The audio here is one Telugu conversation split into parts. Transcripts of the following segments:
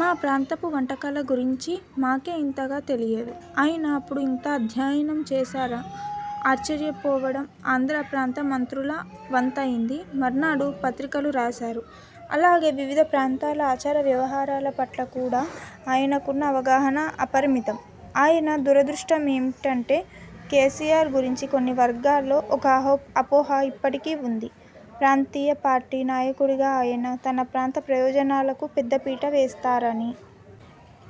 'మా ప్రాంతపు వంటకాల గురించి మాకే ఇంతగా తెలియదు, ఆయన ఎప్పుడు ఇంత అధ్యయనం చేశార'ని ఆశ్చర్య పోవడం ఆంధ్రప్రాంత మంత్రుల వంతయిందని మర్నాడు పత్రికలు రాసాయి. అలాగే వివిధ ప్రాంతాల ఆచార వ్యవహారాల పట్ల కూడా ఆయనకున్న అవగాహన అపరిమితం. ఆయన దురదృష్టం ఏమిటంటే, కేసీఆర్ గురించి కొన్ని వర్గాల్లో ఒక అపోహ ఇప్పటికీ వుంది, ప్రాంతీయ పార్టీ నాయకుడిగా ఆయన, తన ప్రాంత ప్రయోజనాలకు పెద్ద పీట వేస్తారని.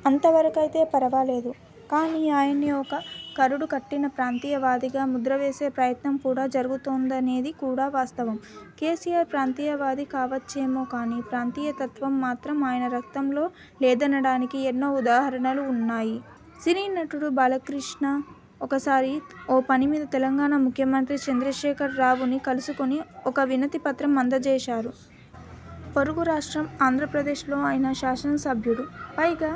అంతవరకయితే పరవాలేదు. కానీ ఆయన్ని ఒక కరడు కట్టిన ప్రాంతీయవాదిగా ముద్రవేసే ప్రయత్నం కూడా జరుగుతోందనేది కూడా వాస్తవం. కేసీఆర్ ప్రాంతీయవాది కావచ్చేమో కాని ప్రాంతీయ తత్వం మాత్రం ఆయన రక్తంలో లేదనడానికి ఎన్నో ఉదాహరణలు వున్నాయి. సినీ నటుడు బాలకృష్ణ ఒకసారి ఓ పని మీద తెలంగాణా ముఖ్యమంత్రి చంద్రశేఖరరావుని కలుసుకుని ఒక వినతి పత్రం అందచేశారు. పొరుగు రాష్ట్రం ఆంధ్రప్రదేశ్లో ఆయన శాసనసభ్యుడు. పైగా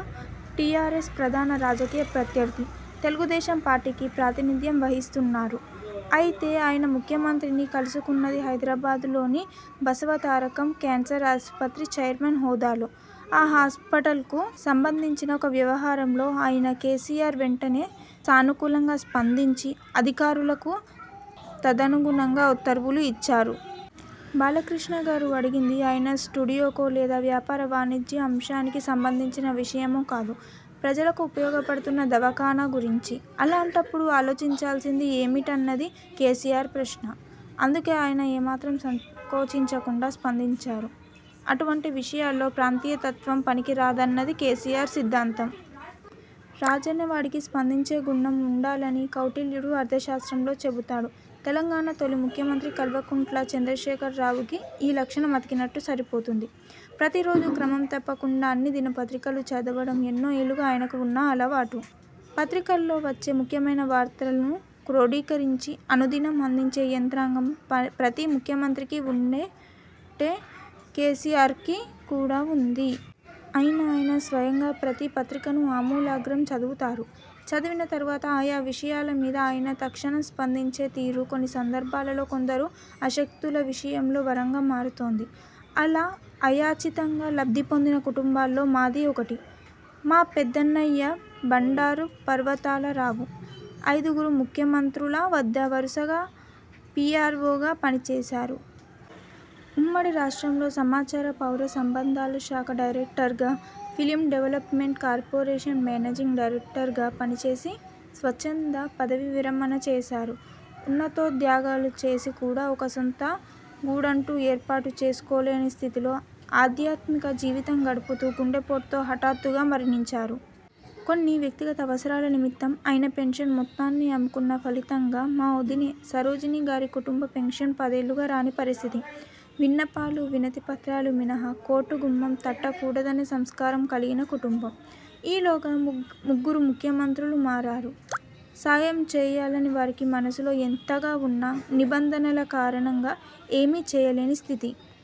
టీఆర్ఎస్ ప్రధాన రాజకీయ ప్రత్యర్థి తెలుగుదేశం పార్టీకి ప్రాతినిధ్యం వహిస్తున్నారు. అయితే ఆయన ముఖ్యమంత్రిని కలుసుకున్నది హైదరాబాదులోని బసవతారకం కేన్సర్ ఆసుపత్రి చైర్మన్ హోదాలో, ఆ హాస్పిటల్కు సంబంధించిన ఒక వ్యవహారంలో. అయినా కేసీఆర్ వెంటనే సానుకూలంగా స్పందించి అధికారులకు తదనుగుణంగా ఉత్తర్వులు ఇచ్చారు. 'బాలకృష్ణ గారు అడిగింది ఆయన స్టూడియోకో, లేదా వ్యాపార వాణిజ్య అంశానికి సంబంధించిన విషయమో కాదు; ప్రజలకు ఉపయోగపడుతున్న దవాఖానా గురించి. అలాంటప్పుడు ఆలోచించాల్సింది ఏమిట'న్నది కేసీఆర్ ప్రశ్న. అందుకే ఆయన ఏమాత్రం సంకోచించకుండా స్పందించారు. అటువంటి విషయాల్లో ప్రాంతీయ తత్వం పనికి రాదన్నది కేసీఆర్ సిద్ధాంతం. రాజనేవాడికి స్పందించే గుణం వుండాలని కౌటిల్యుడు అర్థశాస్త్రంలో చెబుతాడు. తెలంగాణా తొలి ముఖ్యమంత్రి కల్వకుంట్ల చంద్రశేఖరరావుకి ఈ లక్షణం అతికినట్టు సరిపోతుంది. ప్రతిరోజూ క్రమం తప్పకుండా అన్ని దిన పత్రికలూ చదవడం ఎన్నో ఏళ్ళుగా ఆయనకు వున్న అలవాటు. పత్రికల్లో వచ్చే ముఖ్యమైన వార్తలను క్రోడీకరించి అనుదినం అందించే యంత్రాంగం ప్రతి ముఖ్యమంత్రికీ వున్నట్టే కేసీఆర్కి కూడా వుంది. అయినా ఆయన స్వయంగా ప్రతి పత్రికను ఆమూలాగ్రం చదువుతారు. చదివిన తరువాత ఆయా విషయాల మీద ఆయన తక్షణం స్పందించే తీరు కొన్ని సందర్భాలలో కొందరు అశక్తుల విషయంలో వరంగా మారుతోంది. అలా అయాచితంగా లబ్ధిపొందిన కుటుంబాల్లో మాదీ ఒకటి. మా పెద్దన్నయ్య భండారు పర్వతాల రావు అయిదుగురు ముఖ్యమంత్రుల వద్ద వరుసగా పీఆర్వోగా పనిచేశారు. ఉమ్మడి రాష్ట్రంలో సమాచార, పౌర సంబంధాల శాఖ డైరెక్టర్గా, film development corporation managing director గా పనిచేసి స్వచ్ఛంద పదవీవిరమణ చేసారు. ఉన్నతోద్యోగాలు చేసి కూడా ఒక సొంత గూడంటూ ఏర్పాటు చేసుకోలేని స్థితిలో ఆధ్యాత్మిక జీవితం గడుపుతూ గుండెపోటుతో హఠాత్తుగా మరణించారు. కొన్ని వ్యక్తిగత అవసరాల నిమిత్తం ఆయన పెన్షన్ మొత్తాన్ని అమ్ముకున్న ఫలితంగా మా ఒదినె సరోజిని గారికి కుటుంబ పెన్షన్ పదేళ్లుగా రాని పరిస్థితి. విన్నపాలు, వినతి పత్రాలు మినహా కోర్టు గుమ్మం తట్టకూడదనే సంస్కారం కలిగిన కుటుంబం. ఈలోగా ముగ్గురు ముఖ్యమంత్రులు మారారు. సాయం చేయాలని వారికి మనసులో యెంతగా వున్నా, నిబంధనల కారణంగా ఏమీ చేయలేని స్థితి.